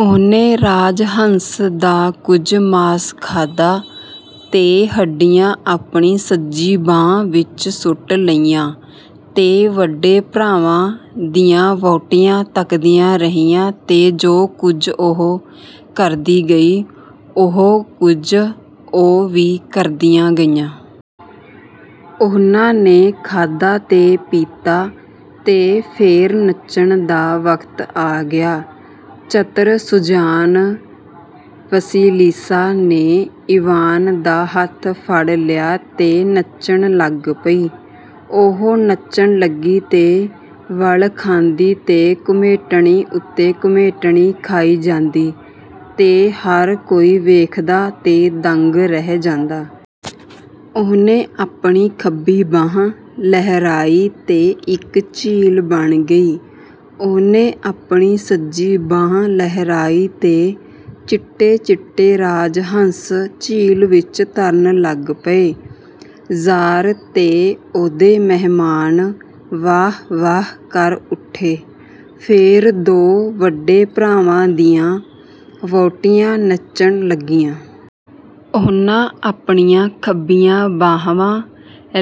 ਉਹਨੇ ਰਾਜ ਹੰਸ ਦਾ ਕੁਝ ਮਾਸ ਖਾਧਾ ਤੇ ਹੱਡੀਆਂ ਆਪਣੀ ਸੱਜੀ ਬਾਂਹ ਵਿੱਚ ਸੁੱਟ ਲਈਆਂ ਤੇ ਵੱਡੇ ਭਰਾਵਾਂ ਦੀਆਂ ਵਹੁਟੀਆਂ ਤੱਕਦੀਆਂ ਰਹੀਆਂ ਤੇ ਜੋ ਕੁਝ ਉਹ ਕਰਦੀ ਗਈ, ਉਹੋ ਕੁਝ ਉਹ ਵੀ ਕਰਦੀਆਂ ਗਈਆਂ। ਉਹਨਾਂ ਨੇ ਖਾਧਾ ਤੇ ਪੀਤਾ ਤੇ ਫੇਰ ਨੱਚਣ ਦਾ ਵਕਤ ਆ ਗਿਆ। ਚਤਰ-ਸੁਜਾਨ ਵਸਿਲੀਸਾ ਨੇ ਈਵਾਨ ਦਾ ਹੱਥ ਫੜ ਲਿਆ ਤੇ ਨੱਚਣ ਲੱਗ ਪਈ। ਉਹ ਨੱਚਣ ਲੱਗੀ ਤੇ ਵਲ ਖਾਂਦੀ ਤੇ ਘੁਮੇਟਣੀ ਉੱਤੇ ਘੁਮੇਟਣੀ ਖਾਈ ਜਾਂਦੀ, ਤੇ ਹਰ ਕੋਈ ਵੇਖਦਾ ਤੇ ਦੰਗ ਰਹਿ ਜਾਂਦਾ। ਉਹਨੇ ਆਪਣੀ ਖੱਬੀ ਬਾਂਹ ਲਹਿਰਾਈ ਤੇ ਇੱਕ ਝੀਲ ਬਣ ਗਈ। ਉਹਨੇ ਆਪਣੀ ਸੱਜੀ ਬਾਂਹ ਲਹਿਰਾਈ ਤੇ ਚਿੱਟੇ-ਚਿੱਟੇ ਰਾਜ ਹੰਸ ਝੀਲ ਵਿੱਚ ਤਰਨ ਲੱਗ ਪਏ। ਜ਼ਾਰ ਤੇ ਉਹਦੇ ਮਹਿਮਾਨ ਵਾਹ-ਵਾਹ ਕਰ ਉੱਠੇ। ਫੇਰ ਦੋ ਵੱਡੇ ਭਰਾਵਾਂ ਦੀਆਂ ਵਹੁਟੀਆਂ ਨੱਚਣ ਲੱਗੀਆਂ। ਉਹਨਾਂ ਆਪਣੀਆਂ ਖੱਬੀਆਂ ਬਾਹਵਾਂ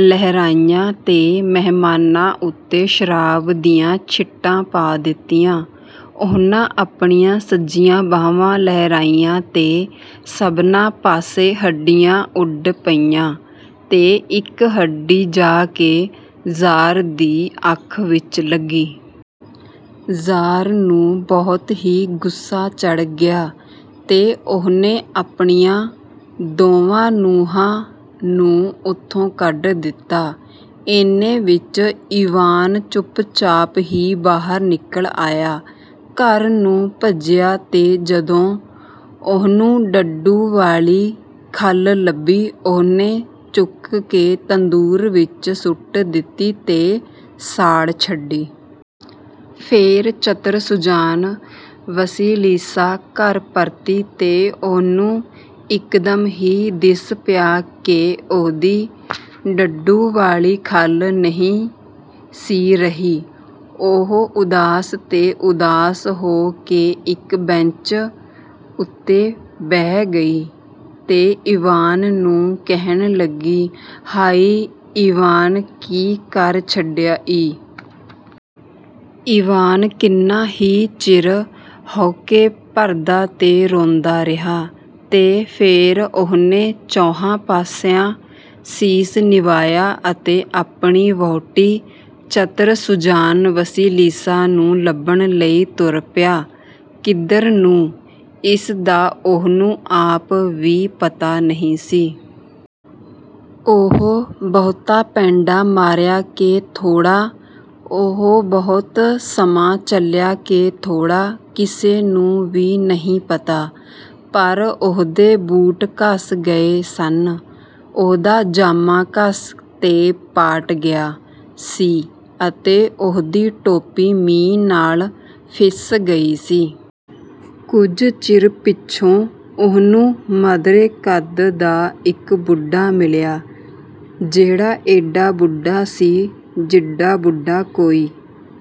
ਲਹਿਰਾਈਆਂ ਤੇ ਮਹਿਮਾਨਾਂ ਉੱਤੇ ਸ਼ਰਾਬ ਦੀਆਂ ਛਿੱਟਾਂ ਪਾ ਦਿੱਤੀਆਂ। ਉਹਨਾਂ ਆਪਣੀਆਂ ਸੱਜੀਆਂ ਬਾਹਵਾਂ ਲਹਿਰਾਈਆਂ ਤੇ ਸਭਨਾਂ ਪਾਸੇ ਹੱਡੀਆਂ ਉੱਡ ਪਈਆਂ ਤੇ ਇੱਕ ਹੱਡੀ ਜਾ ਕੇ ਜ਼ਾਰ ਦੀ ਅੱਖ ਵਿੱਚ ਲੱਗੀ। ਜ਼ਾਰ ਨੂੰ ਬਹੁਤ ਹੀ ਗੁੱਸਾ ਚੜ੍ਹ ਗਿਆ ਤੇ ਉਹਨੇ ਆਪਣੀਆਂ ਦੋਵਾਂ ਨੂੰਹਾਂ ਨੂੰ ਉਥੋਂ ਕੱਢ ਦਿੱਤਾ। ਏਨੇ ਵਿੱਚ ਈਵਾਨ ਚੁੱਪਚਾਪ ਹੀ ਬਾਹਰ ਨਿਕਲ ਆਇਆ, ਘਰ ਨੂੰ ਭੱਜਿਆ ਤੇ ਜਦੋਂ ਉਹਨੂੰ ਡੱਡੂ ਵਾਲੀ ਖੱਲ ਲੱਭੀ, ਉਹਨੇ ਚੁੱਕ ਕੇ ਤੰਦੂਰ ਵਿੱਚ ਸੁੱਟ ਦਿੱਤੀ ਤੇ ਸਾੜ ਛੱਡੀ। ਫੇਰ ਚਤਰ-ਸੁਜਾਨ ਵਸਿਲੀਸਾ ਘਰ ਪਰਤੀ ਤੇ ਉਹਨੂੰ ਇਕਦਮ ਹੀ ਦਿਸ ਪਿਆ ਕਿ ਉਹਦੀ ਡੱਡੂ ਵਾਲੀ ਖੱਲ ਨਹੀਂ ਸੀ ਰਹੀ। ਉਹ ਉਦਾਸ ਤੇ ਉਦਾਸ ਹੋ ਕੇ ਇੱਕ ਬੈਂਚ ਉੱਤੇ ਬਹਿ ਗਈ ਤੇ ਈਵਾਨ ਨੂੰ ਕਹਿਣ ਲੱਗੀ, "ਹਾਇ, ਈਵਾਨ, ਕੀ ਕਰ ਛੱਡਿਆ ਈ? ਈਵਾਨ ਕਿੰਨਾ ਹੀ ਚਿਰ ਹਉਕੇ ਭਰਦਾ ਤੇ ਰੋਂਦਾ ਰਿਹਾ ਤੇ ਫੇਰ ਉਹਨੇ ਚੌਹਾਂ ਪਾਸਿਆਂ ਸੀਸ ਨਿਵਾਇਆ ਅਤੇ ਆਪਣੀ ਵਹੁਟੀ, ਚਤਰ-ਸੁਜਾਨ ਵਸਿਲੀਸਾ, ਨੂੰ ਲੱਭਣ ਲਈ ਤੁਰ ਪਿਆ। ਕਿੱਧਰ ਨੂੰ? ਇਸ ਦਾ ਉਹਨੂੰ ਆਪ ਵੀ ਪਤਾ ਨਹੀਂ ਸੀ। ਉਹ ਬਹੁਤਾ ਪੈਂਡਾ ਮਾਰਿਆ ਕਿ ਥੋੜ੍ਹਾ, ਉਹ ਬਹੁਤ ਸਮਾਂ ਚੱਲਿਆ ਕਿ ਥੋੜ੍ਹਾ, ਕਿਸੇ ਨੂੰ ਵੀ ਨਹੀਂ ਪਤਾ। ਪਰ ਉਹਦੇ ਬੂਟ ਘਸ ਗਏ ਸਨ, ਉਹਦਾ ਜਾਮਾ ਘਸ ਤੇ ਪਾਟ ਗਿਆ ਸੀ ਅਤੇ ਉਹਦੀ ਟੋਪੀ ਮੀਂਹ ਨਾਲ ਫਿੱਸ ਗਈ ਸੀ। ਕੁਝ ਚਿਰ ਪਿੱਛੋਂ ਉਹਨੂੰ ਮਧਰੇ ਕੱਦ ਦਾ ਇੱਕ ਬੁੱਢਾ ਮਿਲਿਆ, ਜਿਹੜਾ ਏਡਾ ਬੁੱਢਾ ਸੀ, ਜਿੱਡਾ ਬੁੱਢਾ ਕੋਈ